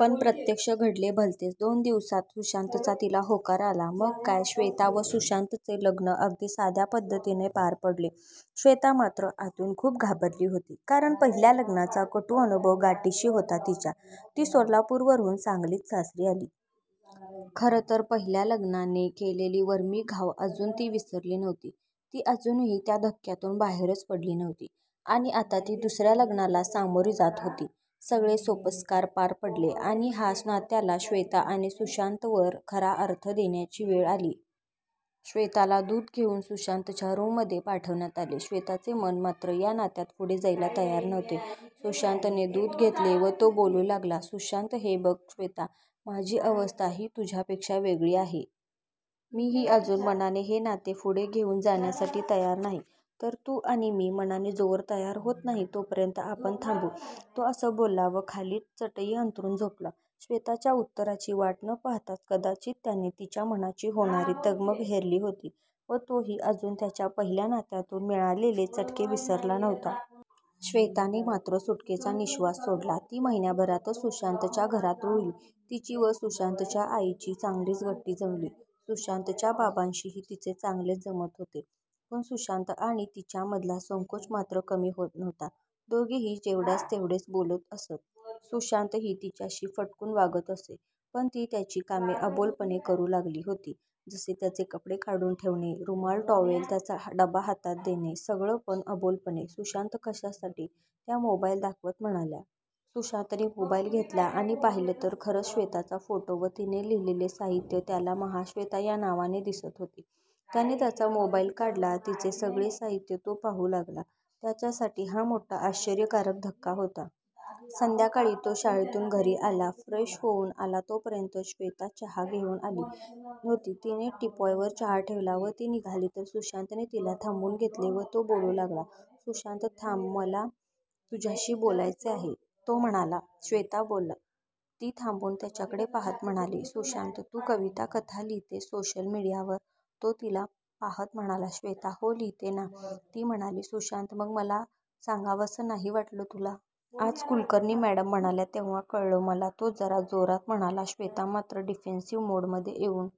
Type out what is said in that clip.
पण प्रत्यक्ष घडले भलतेच, दोन दिवसांत सुशांतचा तिला होकार आला. मग काय, श्वेता व सुशांतचे लग्न अगदी साध्या पद्धतीने पार पडले. श्वेता मात्र आतून खूप घाबरली होती. कारण पहिल्या लग्नाचा कटू अनुभव गाठीशी होता तिच्या; ती सोलापूरहून सांगलीत सासरी आली. खरं तर पहिल्या लग्नाने केलेले वरमी घाव अजून ती विसरली नव्हती. ती अजूनही त्या धक्क्यातून बाहेरच पडली नव्हती. आणि आता ती दुसऱ्या लग्नाला सामोरी जात होती. सगळे सोपस्कार पार पडले आणि या नात्याला श्वेता आणि सुशांतवर खरा अर्थ देण्याची वेळ आली. श्वेताला दूध घेऊन सुशांतच्या रूममध्ये पाठवण्यात आले. श्वेताचे मन मात्र या नात्यात पुढे जायला तयार नव्हते. सुशांतने दूध घेतले व तो बोलू लागला. सुशांत, हे बघ श्वेता, माझी अवस्था ही तुझ्यापेक्षा वेगळी नाही. मीही अजून मनाने हे नाते पुढे घेऊन जाण्यासाठी तयार नाही, तर तू आणि मी मनाने जोवर तयार होत नाही तोपर्यंत आपण थांबू! तो असं बोलला व खाली चटई अंथरून झोपला, श्वेताच्या उत्तराची वाट न पाहताच, कदाचित त्याने तिच्या मनाची होणारी तगमग हेरली होती व तोही अजून त्याच्या पहिल्या नात्यातून मिळालेले चटके विसरला नव्हता. श्वेताने मात्र सुटकेचा निःश्वास सोडला. ती महिन्याभरातच सुशांतच्या घरात रुळली. तिची व सुशांतच्या आईची चांगलीच गट्टी जमली. सुशांतच्या बाबांशीही तिचे चांगलेच जमत होते. पण सुशांत आणि तिच्यामधला संकोच मात्र कमी होत नव्हता. दोघेही जेवढ्यास-तेवढेच बोलत असत. सुशांतही तिच्याशी फटकून वागत असे. पण ती त्याची कामे अबोलपणे करू लागली होती. जसे त्याचे कपडे काढून ठेवणे, रुमाल, टॉवेल, त्याचा डबा हातात देणे, सगळं पण अबोलपणे. सुशांत, कशासाठी! त्या मोबाईल दाखवत म्हणाल्या. सुशांतने मोबाईल घेतला आणि पाहिलं तर खरंच श्वेताचा फोटो व तिने लिहिलेले साहित्य त्याला महाश्वेता या नावाने दिसत होते. त्याने त्याचा मोबाईल काढला, तिचे सगळे साहित्य तो पाहू लागला. त्याच्यासाठी हा मोठा आश्चर्यकारक धक्का होता. संध्याकाळी तो शाळेतून घरी आला. फ्रेश होऊन आला तोपर्यंत श्वेता चहा घेऊन आली होती. तिने टीपॉयवर चहा ठेवला व ती निघाली तर सुशांतने तिला थांबवून घेतले व तो बोलू लागला. सुशांत, थांब, मला तुझ्याशी बोलायचे आहे? तो म्हणाला. श्वेता, बोला! ती थांबून त्याच्याकडे पाहत म्हणाली. सुशांत, तू कविता, कथा लिहितेस सोशल मीडियावर? तो तिला पाहत म्हणाला. श्वेता, हो लिहिते ना! ती म्हणाली. सुशांत, मग मला सांगावंसं नाही वाटलं तुला? आज कुलकर्णी मॅडम म्हणाल्या तेव्हा कळलं मला, तो जरा जोरात म्हणाला. श्वेता मात्र डिफेन्सिव्ह मोडमध्ये येऊन